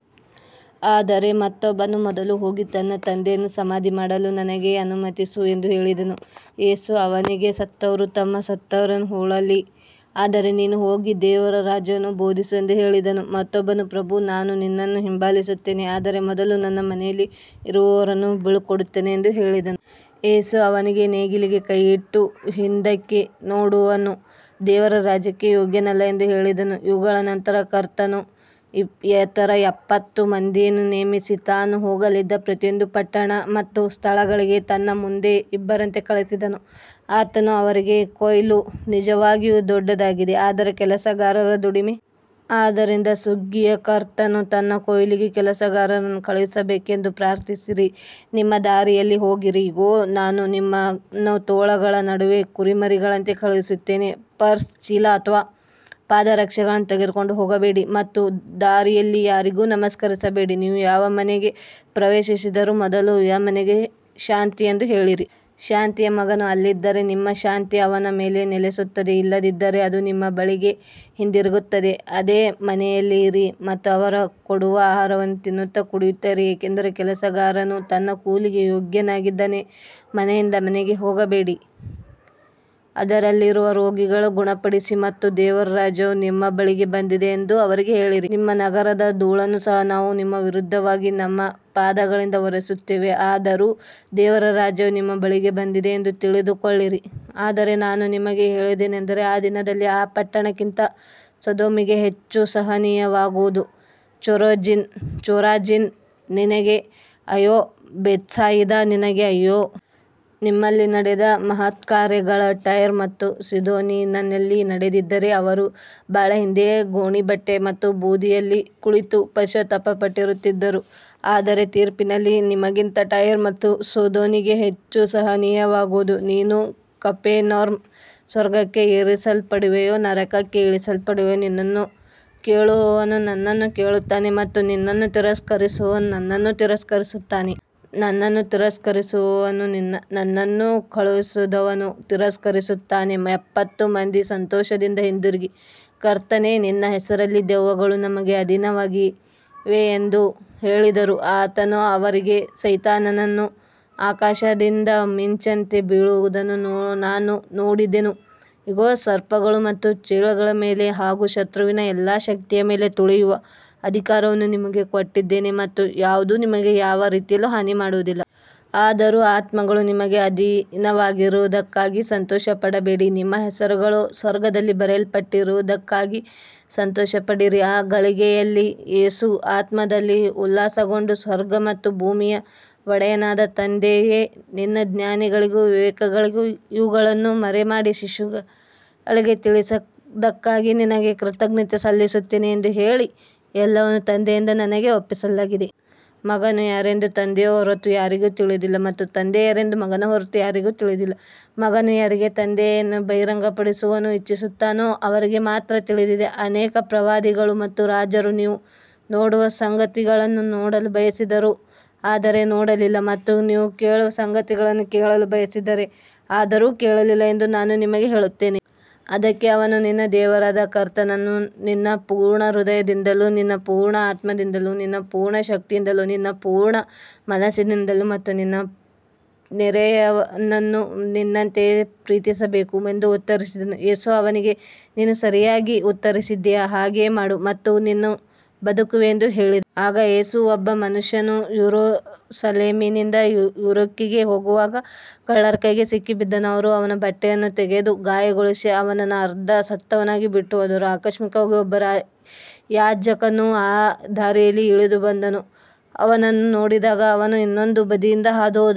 ಆದರೆ ಮತ್ತೊಬ್ಬನು ಮೊದಲು ಹೋಗಿ ನನ್ನ ತಂದೆಯನ್ನು ಸಮಾಧಿ ಮಾಡಲು ನನಗೆ ಅನುಮತಿಸು ಎಂದು ಹೇಳಿದನು. ಯೇಸು ಅವನಿಗೆ, ಸತ್ತವರು ತಮ್ಮ ಸತ್ತವರನ್ನು ಹೂಳಲಿ, ಆದರೆ ನೀನು ಹೋಗಿ ದೇವರ ರಾಜ್ಯವನ್ನು ಬೋಧಿಸು ಎಂದು ಹೇಳಿದನು. ಮತ್ತೊಬ್ಬನು, ಪ್ರಭು, ನಾನು ನಿನ್ನನ್ನು ಹಿಂಬಾಲಿಸುತ್ತೇನೆ, ಆದರೆ ಮೊದಲು ನನ್ನ ಮನೆಯಲ್ಲಿ ಇರುವವರನ್ನು ಬೀಳ್ಕೊಡುತ್ತೇನೆ ಎಂದು ಹೇಳಿದನು. ಯೇಸು ಅವನಿಗೆ, ನೇಗಿಲಿಗೆ ಕೈಯಿಟ್ಟು ಹಿಂದಕ್ಕೆ ನೋಡುವವನು ದೇವರ ರಾಜ್ಯಕ್ಕೆ ಯೋಗ್ಯನಲ್ಲ ಎಂದು ಹೇಳಿದನು. ಇವುಗಳ ನಂತರ ಕರ್ತನು ಇತರ ಎಪ್ಪತ್ತು ಮಂದಿಯನ್ನು ನೇಮಿಸಿ, ತಾನು ಹೋಗಲಿದ್ದ ಪ್ರತಿಯೊಂದು ಪಟ್ಟಣ ಮತ್ತು ಸ್ಥಳಗಳಿಗೆ ತನ್ನ ಮುಂದೆ ಇಬ್ಬರಂತೆ ಕಳುಹಿಸಿದನು. ಆತನು ಅವರಿಗೆ, ಕೊಯ್ಲು ನಿಜವಾಗಿಯೂ ದೊಡ್ಡದಾಗಿದೆ, ಆದರೆ ಕೆಲಸಗಾರರು ಕಡಿಮೆ. ಆದ್ದರಿಂದ ಸುಗ್ಗಿಯ ಕರ್ತನು ತನ್ನ ಕೊಯ್ಲಿಗೆ ಕೆಲಸಗಾರರನ್ನು ಕಳುಹಿಸಬೇಕೆಂದು ಪ್ರಾರ್ಥಿಸಿರಿ. ನಿಮ್ಮ ದಾರಿಯಲ್ಲಿ ಹೋಗಿರಿ. ಇಗೋ, ನಾನು ನಿಮ್ಮನ್ನು ತೋಳಗಳ ನಡುವೆ ಕುರಿಮರಿಗಳಂತೆ ಕಳುಹಿಸುತ್ತೇನೆ. ಪರ್ಸ್, ಚೀಲ ಅಥವಾ ಪಾದರಕ್ಷೆಗಳನ್ನು ತೆಗೆದುಕೊಂಡು ಹೋಗಬೇಡಿ ಮತ್ತು ದಾರಿಯಲ್ಲಿ ಯಾರಿಗೂ ನಮಸ್ಕರಿಸಬೇಡಿ. ನೀವು ಯಾವ ಮನೆಗೆ ಪ್ರವೇಶಿಸಿದರೂ ಮೊದಲು, ಈ ಮನೆಗೆ ಶಾಂತಿ ಎಂದು ಹೇಳಿರಿ. ಶಾಂತಿಯ ಮಗನು ಅಲ್ಲಿದ್ದರೆ ನಿಮ್ಮ ಶಾಂತಿ ಅವನ ಮೇಲೆ ನೆಲೆಸುತ್ತದೆ, ಇಲ್ಲದಿದ್ದರೆ ಅದು ನಿಮ್ಮ ಬಳಿಗೆ ಹಿಂದಿರುಗುತ್ತದೆ. ಅದೇ ಮನೆಯಲ್ಲಿ ಇರಿ ಮತ್ತು ಅವರು ಕೊಡುವ ಆಹಾರವನ್ನು ತಿನ್ನುತ್ತಾ ಕುಡಿಯುತ್ತಾ ಇರಿ, ಏಕೆಂದರೆ ಕೆಲಸಗಾರನು ತನ್ನ ಕೂಲಿಗೆ ಯೋಗ್ಯನಾಗಿದ್ದಾನೆ. ಮನೆಯಿಂದ ಮನೆಗೆ ಹೋಗಬೇಡಿ. ಅದರಲ್ಲಿರುವ ರೋಗಿಗಳನ್ನು ಗುಣಪಡಿಸಿ ಮತ್ತು ದೇವರ ರಾಜ್ಯವು ನಿಮ್ಮ ಬಳಿಗೆ ಬಂದಿದೆ ಎಂದು ಅವರಿಗೆ ಹೇಳಿರಿ. ನಿಮ್ಮ ನಗರದ ಧೂಳನ್ನು ಸಹ ನಾವು ನಿಮ್ಮ ವಿರುದ್ಧವಾಗಿ ನಮ್ಮ ಪಾದಗಳಿಂದ ಒರೆಸುತ್ತೇವೆ. ಆದರೂ ದೇವರ ರಾಜ್ಯವು ನಿಮ್ಮ ಬಳಿಗೆ ಬಂದಿದೆ ಎಂದು ತಿಳಿದುಕೊಳ್ಳಿರಿ. ಆದರೆ ನಾನು ನಿಮಗೆ ಹೇಳುವುದೇನೆಂದರೆ, ಆ ದಿನದಲ್ಲಿ ಆ ಪಟ್ಟಣಕ್ಕಿಂತ ಸೊದೋಮಿಗೆ ಹೆಚ್ಚು ಸಹನೀಯವಾಗುವುದು. ಚೋರಾಜಿನ್, ನಿನಗೆ ಅಯ್ಯೋ. ಬೇತ್ಸಾಯಿದಾ, ನಿನಗೆ ಅಯ್ಯೋ. ನಿಮ್ಮಲ್ಲಿ ನಡೆದ ಮಹತ್ಕಾರ್ಯಗಳು ಟೈರ್ ಮತ್ತು ಸೀದೋನಿನಲ್ಲಿ ನಡೆದಿದ್ದರೆ, ಅವರು ಬಹಳ ಹಿಂದೆಯೇ ಗೋಣಿಬಟ್ಟೆ ಮತ್ತು ಬೂದಿಯಲ್ಲಿ ಕುಳಿತು ಪಶ್ಚಾತ್ತಾಪಪಟ್ಟಿರುತ್ತಿದ್ದರು. ಆದರೆ ತೀರ್ಪಿನಲ್ಲಿ ನಿಮಗಿಂತ ಟೈರ್ ಮತ್ತು ಸೀದೋನಿಗೆ ಹೆಚ್ಚು ಸಹನೀಯವಾಗುವುದು. ನೀನು ಕಪೆರ್ನೌಮ್, ಸ್ವರ್ಗಕ್ಕೆ ಏರಿಸಲ್ಪಡುವೆಯೋ? ನರಕಕ್ಕೆ ಇಳಿಸಲ್ಪಡುವೆ. ನಿನ್ನನ್ನು ಕೇಳುವವನು ನನ್ನನ್ನು ಕೇಳುತ್ತಾನೆ ಮತ್ತು ನಿನ್ನನ್ನು ತಿರಸ್ಕರಿಸುವವನು ನನ್ನನ್ನು ತಿರಸ್ಕರಿಸುತ್ತಾನೆ. ನನ್ನನ್ನು ತಿರಸ್ಕರಿಸುವವನು ನನ್ನನ್ನು ಕಳುಹಿಸಿದವನನ್ನು ತಿರಸ್ಕರಿಸುತ್ತಾನೆ. ಎಪ್ಪತ್ತು ಮಂದಿ ಸಂತೋಷದಿಂದ ಹಿಂದಿರುಗಿ, ಕರ್ತನೇ, ನಿನ್ನ ಹೆಸರಿನಲ್ಲಿ ದೆವ್ವಗಳೂ ನಮಗೆ ಅಧೀನವಾಗಿವೆ ಎಂದು ಹೇಳಿದರು. ಆತನು ಅವರಿಗೆ, ಸೈತಾನನು ಆಕಾಶದಿಂದ ಮಿಂಚಿನಂತೆ ಬೀಳುವುದನ್ನು ನಾನು ನೋಡಿದೆನು. ಇಗೋ, ಸರ್ಪಗಳು ಮತ್ತು ಚೇಳುಗಳ ಮೇಲೆ ಹಾಗೂ ಶತ್ರುವಿನ ಎಲ್ಲಾ ಶಕ್ತಿಯ ಮೇಲೆ ತುಳಿಯುವ ಅಧಿಕಾರವನ್ನು ನಿಮಗೆ ಕೊಟ್ಟಿದ್ದೇನೆ ಮತ್ತು ಯಾವುದೂ ನಿಮಗೆ ಯಾವ ರೀತಿಯಲ್ಲಿಯೂ ಹಾನಿ ಮಾಡುವುದಿಲ್ಲ. ಆದರೂ ಆತ್ಮಗಳು ನಿಮಗೆ ಅಧೀನವಾಗಿರುವುದಕ್ಕಾಗಿ ಸಂತೋಷಪಡಬೇಡಿ, ನಿಮ್ಮ ಹೆಸರುಗಳು ಸ್ವರ್ಗದಲ್ಲಿ ಬರೆಯಲ್ಪಟ್ಟಿರುವುದಕ್ಕಾಗಿ ಸಂತೋಷಪಡಿರಿ. ಆ ಗಳಿಗೆಯಲ್ಲಿ ಯೇಸು ಆತ್ಮದಲ್ಲಿ ಉಲ್ಲಾಸಗೊಂಡು, ಸ್ವರ್ಗ ಮತ್ತು ಭೂಮಿಯ ಒಡೆಯನಾದ ತಂದೆಯೇ, ನೀನು ಜ್ಞಾನಿಗಳಿಗೂ ವಿವೇಕಿಗಳಿಗೂ ಇವುಗಳನ್ನು ಮರೆಮಾಡಿ ಶಿಶುಗಳಿಗೆ ತಿಳಿಸಿದ್ದಕ್ಕಾಗಿ ನಿನಗೆ ಕೃತಜ್ಞತೆ ಸಲ್ಲಿಸುತ್ತೇನೆ ಎಂದು ಹೇಳಿದನು. ಎಲ್ಲವನ್ನೂ ನನ್ನ ತಂದೆಯಿಂದ ನನಗೆ ಒಪ್ಪಿಸಲಾಗಿದೆ. ಮಗನು ಯಾರೆಂದು ತಂದೆಯ ಹೊರತು ಯಾರಿಗೂ ತಿಳಿದಿಲ್ಲ ಮತ್ತು ತಂದೆ ಯಾರೆಂದು ಮಗನ ಹೊರತು ಯಾರಿಗೂ ತಿಳಿದಿಲ್ಲ, ಮಗನು ಯಾರಿಗೆ ತಂದೆಯನ್ನು ಬಹಿರಂಗಪಡಿಸಲು ಇಚ್ಛಿಸುತ್ತಾನೋ ಅವರಿಗೆ ಮಾತ್ರ ತಿಳಿದಿದೆ. ಅನೇಕ ಪ್ರವಾದಿಗಳು ಮತ್ತು ರಾಜರು ನೀವು ನೋಡುವ ಸಂಗತಿಗಳನ್ನು ನೋಡಲು ಬಯಸಿದರು, ಆದರೆ ನೋಡಲಿಲ್ಲ ಮತ್ತು ನೀವು ಕೇಳುವ ಸಂಗತಿಗಳನ್ನು ಕೇಳಲು ಬಯಸಿದರು, ಆದರೆ ಕೇಳಲಿಲ್ಲ ಎಂದು ನಾನು ನಿಮಗೆ ಹೇಳುತ್ತೇನೆ. ಅದಕ್ಕೆ ಅವನು, ನಿನ್ನ ದೇವರಾದ ಕರ್ತನನ್ನು ನಿನ್ನ ಪೂರ್ಣ ಹೃದಯದಿಂದಲೂ, ನಿನ್ನ ಪೂರ್ಣ ಆತ್ಮದಿಂದಲೂ, ನಿನ್ನ ಪೂರ್ಣ ಶಕ್ತಿಯಿಂದಲೂ, ನಿನ್ನ ಪೂರ್ಣ ಮನಸ್ಸಿನಿಂದಲೂ ಮತ್ತು ನಿನ್ನ ನೆರೆಯವನನ್ನು ನಿನ್ನಂತೆಯೇ ಪ್ರೀತಿಸಬೇಕು ಎಂದು ಉತ್ತರಿಸಿದನು. ಯೇಸು ಅವನಿಗೆ, ನೀನು ಸರಿಯಾಗಿ ಉತ್ತರಿಸಿದ್ದೀಯ, ಹಾಗೆಯೇ ಮಾಡು ಮತ್ತು ನೀನು ಬದುಕುವೆ ಎಂದು ಹೇಳಿದನು. ಆಗ ಯೇಸು, ಒಬ್ಬ ಮನುಷ್ಯನು ಯೆರೂಸಲೇಮಿನಿಂದ ಯೆರಿಕೋಗೆ ಹೋಗುವಾಗ ಕಳ್ಳರ ಕೈಗೆ ಸಿಕ್ಕಿಬಿದ್ದನು. ಅವರು ಅವನ ಬಟ್ಟೆಗಳನ್ನು ತೆಗೆದು ಗಾಯಗೊಳಿಸಿ, ಅವನನ್ನು ಅರ್ಧ ಸತ್ತವನಾಗಿ ಬಿಟ್ಟುಹೋದರು. ಆಕಸ್ಮಿಕವಾಗಿ ಒಬ್ಬ ಯಾಜಕನು ಆ ದಾರಿಯಲ್ಲಿ ಇಳಿದುಬಂದನು. ಅವನನ್ನು ನೋಡಿದಾಗ ಅವನು ಇನ್ನೊಂದು ಬದಿಯಿಂದ ಹಾದುಹೋದನು.